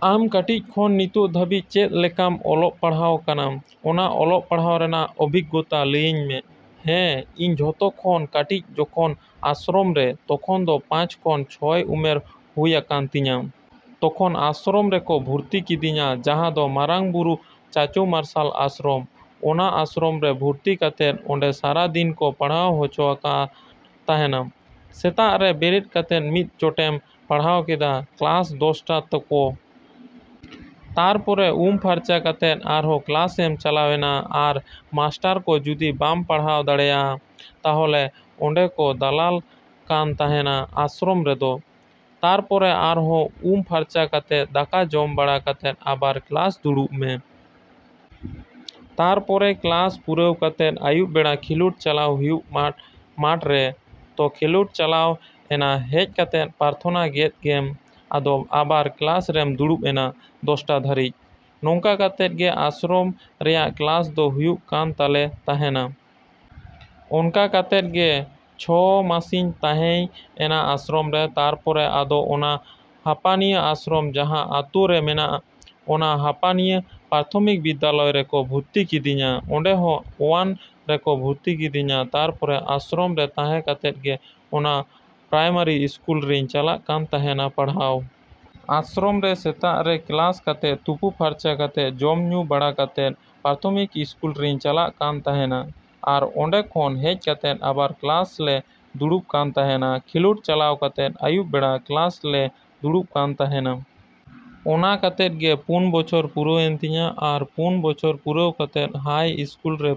‎ᱟᱢ ᱠᱟᱹᱴᱤᱡ ᱠᱷᱚᱱ ᱱᱤᱛᱚᱜ ᱫᱷᱟᱹᱵᱤᱡ ᱪᱮᱫ ᱞᱮᱠᱟᱢ ᱚᱞᱚᱜ ᱯᱟᱲᱦᱟᱣ ᱠᱟᱱᱟ? ᱚᱱᱟ ᱚᱞᱚᱜ ᱯᱟᱲᱦᱟᱜ ᱨᱮᱭᱟᱜ ᱚᱵᱷᱤᱜᱽᱜᱚᱛᱟ ᱞᱟᱹᱭᱟᱹᱧ ᱢᱮ᱾ ᱦᱮᱸ, ᱤᱧ ᱡᱚᱛᱚ ᱠᱷᱚᱱ ᱠᱟᱹᱴᱤᱡ ᱡᱚᱠᱷᱚᱱ ᱟᱥᱨᱚᱢ ᱨᱮ, ᱛᱚᱠᱷᱚᱱ ᱫᱚ ᱯᱟᱸᱪ ᱠᱷᱚᱱ ᱪᱷᱚᱭ ᱩᱢᱮᱨ ᱦᱩᱭ ᱟᱠᱟᱱ ᱛᱤᱧᱟ᱾ ᱛᱚᱠᱷᱚᱱ ᱟᱥᱨᱚᱢ ᱨᱮᱠᱚ ᱵᱷᱚᱨᱛᱤ ᱠᱤᱫᱤᱧᱟ, ᱡᱟᱦᱟᱸ ᱫᱚ ᱢᱟᱨᱟᱝᱵᱩᱨᱩ ᱪᱟᱪᱳ ᱢᱟᱨᱥᱟᱞ ᱟᱥᱨᱚᱢ᱾ ᱚᱱᱟ ᱟᱥᱨᱚᱢ ᱨᱮ ᱵᱷᱚᱨᱛᱤ ᱠᱟᱛᱮᱫ ᱚᱸᱰᱮ ᱥᱟᱨᱟ ᱫᱤᱱ ᱠᱚ ᱯᱟᱲᱦᱟᱣ ᱦᱚᱪᱚ ᱟᱠᱟᱱ ᱛᱟᱦᱮᱱᱟ᱾ ᱥᱮᱛᱟᱜ ᱨᱮ ᱵᱮᱨᱮᱫ ᱠᱟᱛᱮᱫ ᱢᱤᱫ ᱪᱷᱚᱴᱮᱢ ᱯᱟᱲᱦᱟᱣ ᱠᱮᱫᱟ, ᱠᱞᱟᱥ ᱫᱚᱥᱴᱟ ᱛᱚᱠᱚ᱾ ᱛᱟᱨᱯᱚᱨᱮ ᱩᱢ ᱯᱷᱟᱨᱪᱟ ᱠᱟᱛᱮᱫ ᱟᱨᱦᱚᱸ ᱠᱞᱟᱥᱮᱢ ᱪᱟᱞᱟᱣᱮᱱᱟ᱾ ᱟᱨ ᱢᱟᱥᱴᱟᱨ ᱠᱚ ᱡᱩᱫᱤ ᱵᱟᱢ ᱯᱟᱲᱦᱟᱣ ᱫᱟᱲᱮᱭᱟᱜᱼᱟ, ᱛᱟᱦᱞᱮ ᱟᱹᱰᱤ ᱠᱚ ᱫᱟᱞᱟᱞ ᱠᱟᱱ ᱛᱟᱦᱮᱱᱟ ᱟᱥᱨᱚᱢ ᱨᱮᱫᱚ᱾ ᱛᱟᱨᱯᱚᱨᱮ ᱟᱨᱦᱚᱸ ᱩᱢ ᱯᱷᱟᱨᱪᱟ ᱠᱟᱛᱮᱫ, ᱫᱟᱠᱟ ᱡᱚᱢ ᱵᱟᱲᱟ ᱠᱟᱛᱮᱫ ᱟᱵᱟᱨ ᱠᱞᱟᱥ ᱫᱩᱲᱩᱵ ᱢᱮ᱾ ᱛᱟᱨᱯᱚᱨᱮ ᱠᱞᱟᱥ ᱯᱩᱨᱟᱹᱣ ᱠᱟᱛᱮᱫ ᱟᱹᱭᱩᱵ ᱵᱮᱲᱟ ᱠᱷᱮᱞᱳᱰ ᱪᱟᱞᱟᱣ ᱦᱩᱭᱩᱜᱼᱟ ᱢᱟᱴᱷᱨᱮ᱾ ᱛᱚ ᱠᱷᱮᱞᱳᱰᱮᱢ ᱪᱟᱞᱟᱣᱮᱱᱟ, ᱦᱮᱡ ᱠᱟᱛᱮᱫ ᱯᱟᱨᱛᱷᱚᱱᱟ ᱠᱮᱫ ᱜᱮᱢ᱾ ᱟᱫᱚ ᱟᱵᱟᱨ ᱠᱞᱟᱥ ᱨᱮᱢ ᱫᱩᱲᱩᱵ ᱮᱱᱟ ᱫᱚᱥᱴᱟ ᱫᱷᱟ.ᱨᱤᱡ᱾ ᱱᱚᱝᱠᱟ ᱠᱟᱛᱮᱫ ᱜᱮ ᱟᱥᱨᱚᱢ ᱨᱮᱭᱟᱜ ᱠᱞᱟᱥ ᱫᱚ ᱦᱩᱭᱩᱜ ᱠᱟᱱ ᱛᱟᱞᱮ ᱛᱟᱦᱮᱱᱟ᱾ ᱚᱱᱠᱟ ᱠᱟᱛᱮᱫ ᱜᱮ ᱪᱷᱚ ᱢᱟᱥᱤᱧ ᱛᱟᱦᱮᱸᱭ ᱮᱱᱟ ᱟᱥᱨᱚᱢ ᱨᱮ᱾ ᱛᱟᱨᱯᱚᱨᱮ ᱟᱫᱚ ᱚᱱᱟ ᱦᱟᱹᱯᱟᱹᱱᱤᱭᱟᱹ ᱟᱥᱨᱚᱢ ᱡᱟᱦᱟᱸ ᱟᱛᱳ ᱨᱮ ᱢᱮᱱᱟᱜᱼᱟ, ᱚᱱᱟ ᱦᱟᱹᱯᱟᱹᱱᱤᱭᱟᱹ ᱯᱨᱟᱛᱷᱚᱢᱤᱠ ᱵᱤᱫᱽᱫᱟᱞᱚᱭ ᱨᱮᱠᱚ ᱵᱷᱚᱨᱛᱤ ᱠᱤᱫᱤᱧᱟ᱾ ᱚᱸᱰᱮ ᱫᱚ ᱚᱣᱟᱱ ᱨᱮᱠᱚ ᱵᱷᱚᱨᱛᱤ ᱠᱤᱫᱤᱧᱟ᱾ ᱛᱟᱨᱯᱚᱨᱮ ᱟᱥᱨᱚᱢ ᱨᱮ ᱛᱟᱦᱮᱸ ᱠᱟᱛᱮᱫ ᱜᱮ ᱚᱱᱟ ᱯᱨᱟᱭᱢᱟᱨᱤ ᱥᱠᱩᱞ ᱨᱤᱧ ᱪᱟᱞᱟᱜ ᱠᱟᱱ ᱛᱟᱦᱮᱱᱟ ᱯᱟᱲᱦᱟᱣ᱾ ᱟᱥᱨᱚᱢ ᱨᱮ ᱥᱮᱛᱟᱜ ᱨᱮ ᱠᱞᱟᱥ ᱠᱟᱛᱮᱫ, ᱛᱩᱯᱩ ᱯᱷᱟᱨᱪᱟ ᱠᱟᱛᱮᱫ, ᱡᱚᱢ ᱧᱩ ᱵᱟᱲᱟ ᱠᱟᱛᱮᱫ ᱯᱨᱟᱛᱷᱚᱢᱤᱠ ᱤᱥᱠᱩᱞ ᱨᱤᱧ ᱪᱟᱞᱟᱜ ᱠᱟᱱ ᱛᱟᱦᱮᱱᱟ᱾ ᱟᱨ ᱚᱸᱰᱮ ᱠᱷᱚᱱ ᱦᱮᱡ ᱠᱟᱛᱮᱫ ᱟᱵᱟᱨ ᱠᱞᱟᱥ ᱞᱮ ᱫᱩᱲᱩᱵ ᱠᱟᱱ ᱛᱟᱦᱮᱱᱟ᱾ ᱠᱷᱮᱞᱳᱰ ᱪᱟᱞᱟᱣ ᱠᱟᱛᱮᱫ ᱟᱹᱭᱩᱵ ᱵᱮᱲᱟ ᱠᱞᱟᱥ ᱞᱮ ᱫᱩᱲᱩᱵ ᱠᱟᱱ ᱛᱟᱦᱮᱱᱟ᱾ ᱚᱱᱠᱟ ᱠᱟᱛᱮᱫ ᱜᱮ ᱯᱩᱱ ᱵᱚᱪᱷᱚᱨ ᱯᱩᱨᱟᱹᱣᱮᱱ ᱛᱤᱧᱟ᱾ ᱟᱨ ᱯᱩᱱ ᱵᱚᱪᱷᱚᱨ ᱯᱩᱨᱟᱹᱣ ᱠᱟᱛᱮᱫ ᱦᱟᱭ ᱤᱥᱠᱩᱞ ᱨᱮ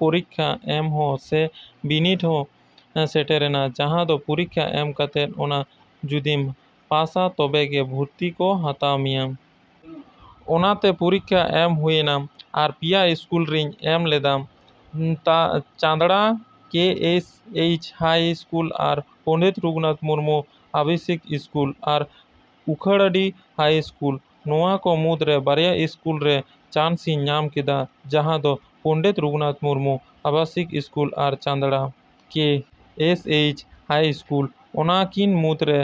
ᱯᱚᱨᱤᱠᱠᱷᱟ ᱮᱢ ᱦᱚᱸ ᱥᱮ ᱵᱤᱱᱤᱰ ᱮᱢ ᱦᱚᱸ ᱥᱮᱴᱮᱨᱮᱱᱟ, ᱡᱟᱦᱟᱸ ᱫᱚ ᱯᱚᱨᱤᱠᱠᱷᱟ ᱮᱢ ᱠᱟᱛᱮᱫ ᱚᱱᱟ ᱡᱩᱫᱤᱢ ᱯᱟᱥᱟ ᱛᱚᱵᱮ ᱜᱮ ᱵᱷᱚᱨᱛᱤ ᱠᱚ ᱦᱟᱛᱟᱣ ᱢᱮᱭᱟ, ᱾ ᱚᱱᱟᱛᱮ ᱯᱚᱨᱤᱠᱠᱷᱟ ᱮᱢ ᱦᱩᱭ ᱮᱱᱟ᱾ ᱟᱨ ᱯᱮᱭᱟ ᱤᱥᱠᱩᱞ ᱨᱤᱧ ᱮᱢ ᱞᱮᱫᱟ Chandra K. S. H. High school, ᱟᱨ ᱯᱚᱱᱰᱤᱛ ᱨᱩᱜᱷᱩᱱᱟᱛᱷ ᱢᱩᱨᱢᱩ ᱟᱵᱟᱥᱤᱠ ᱤᱥᱠᱩᱞ, ᱟᱨ ᱩᱠᱷᱲᱟᱹᱰᱤ ᱦᱟᱭ ᱤᱥᱠᱩᱞ᱾ ᱱᱚᱣᱟ ᱠᱚ ᱢᱩᱫᱽᱨᱮ ᱵᱟᱨᱭᱟ ᱤᱥᱠᱩᱞ ᱨᱮ ᱪᱟᱱᱥᱤᱧ ᱧᱟᱢ ᱠᱮᱫᱟ, ᱡᱟᱦᱟᱸ ᱫᱚ ᱯᱚᱱᱰᱤᱛ ᱨᱚᱜᱷᱩᱱᱟᱛᱷ ᱢᱩᱨᱢᱩ ᱟᱵᱟᱥᱤᱠ ᱤᱥᱠᱩᱞ ᱟᱨ Chandra K. S. H. High school. ᱚᱱᱟ ᱠᱤᱱ ᱢᱩᱫᱽᱨᱮ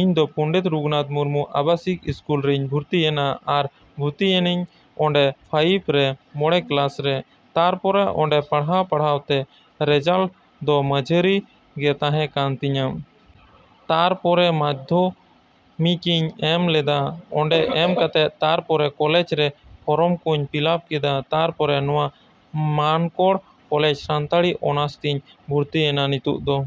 ᱤᱧ ᱫᱚ ᱯᱚᱱᱰᱤᱛ ᱨᱩᱜᱷᱩᱱᱟᱛᱷ ᱢᱩᱨᱢᱩ ᱟᱵᱟᱥᱤᱠ ᱤᱥᱠᱩᱞ ᱨᱤᱧ ᱵᱷᱚᱨᱛᱤᱭᱮᱱᱟ᱾ ᱟᱨ ᱵᱷᱚᱨᱛᱤᱭᱮᱱᱟᱹᱧ ᱚᱸᱰᱮ ᱯᱷᱟᱭᱤᱵᱷ ᱨᱮ, ᱢᱚᱬᱮ ᱠᱞᱟᱥ ᱨᱮ᱾ ᱛᱟᱨᱯᱚᱨᱮ ᱚᱸᱰᱮ ᱯᱟᱲᱦᱟᱣᱼᱯᱟᱲᱦᱟᱣᱛᱮ ᱨᱮᱡᱟᱞᱴ ᱫᱚ ᱢᱟᱡᱷᱟᱨᱤ ᱜᱮ ᱛᱟᱦᱮᱸ ᱠᱟᱱ ᱛᱤᱧᱟ᱾ ᱛᱟᱨᱯᱚᱨᱮ ᱢᱟᱫᱽᱫᱷᱚ ᱢᱤᱠᱤᱧ ᱮᱢ ᱞᱮᱫᱟ᱾ ᱚᱸᱰᱮ ᱮᱢ ᱠᱟᱛᱮᱫ ᱛᱟᱨᱯᱚᱨᱮ ᱠᱚᱞᱮᱡᱽ ᱨᱮ ᱯᱷᱚᱨᱚᱢ ᱠᱚᱧ ᱯᱷᱤᱞᱟᱯ ᱠᱮᱫᱟ᱾ ᱛᱟᱨᱯᱚᱨᱮ ᱱᱚᱣᱟ ᱢᱟᱱᱠᱚᱲ ᱠᱚᱞᱮᱡᱽ ᱥᱟᱱᱛᱟᱲᱤ ᱚᱱᱟᱨᱥ ᱛᱤᱧ ᱵᱷᱚᱨᱛᱤᱭᱮᱱᱟ ᱱᱤᱛᱚᱜ ᱫᱚ᱾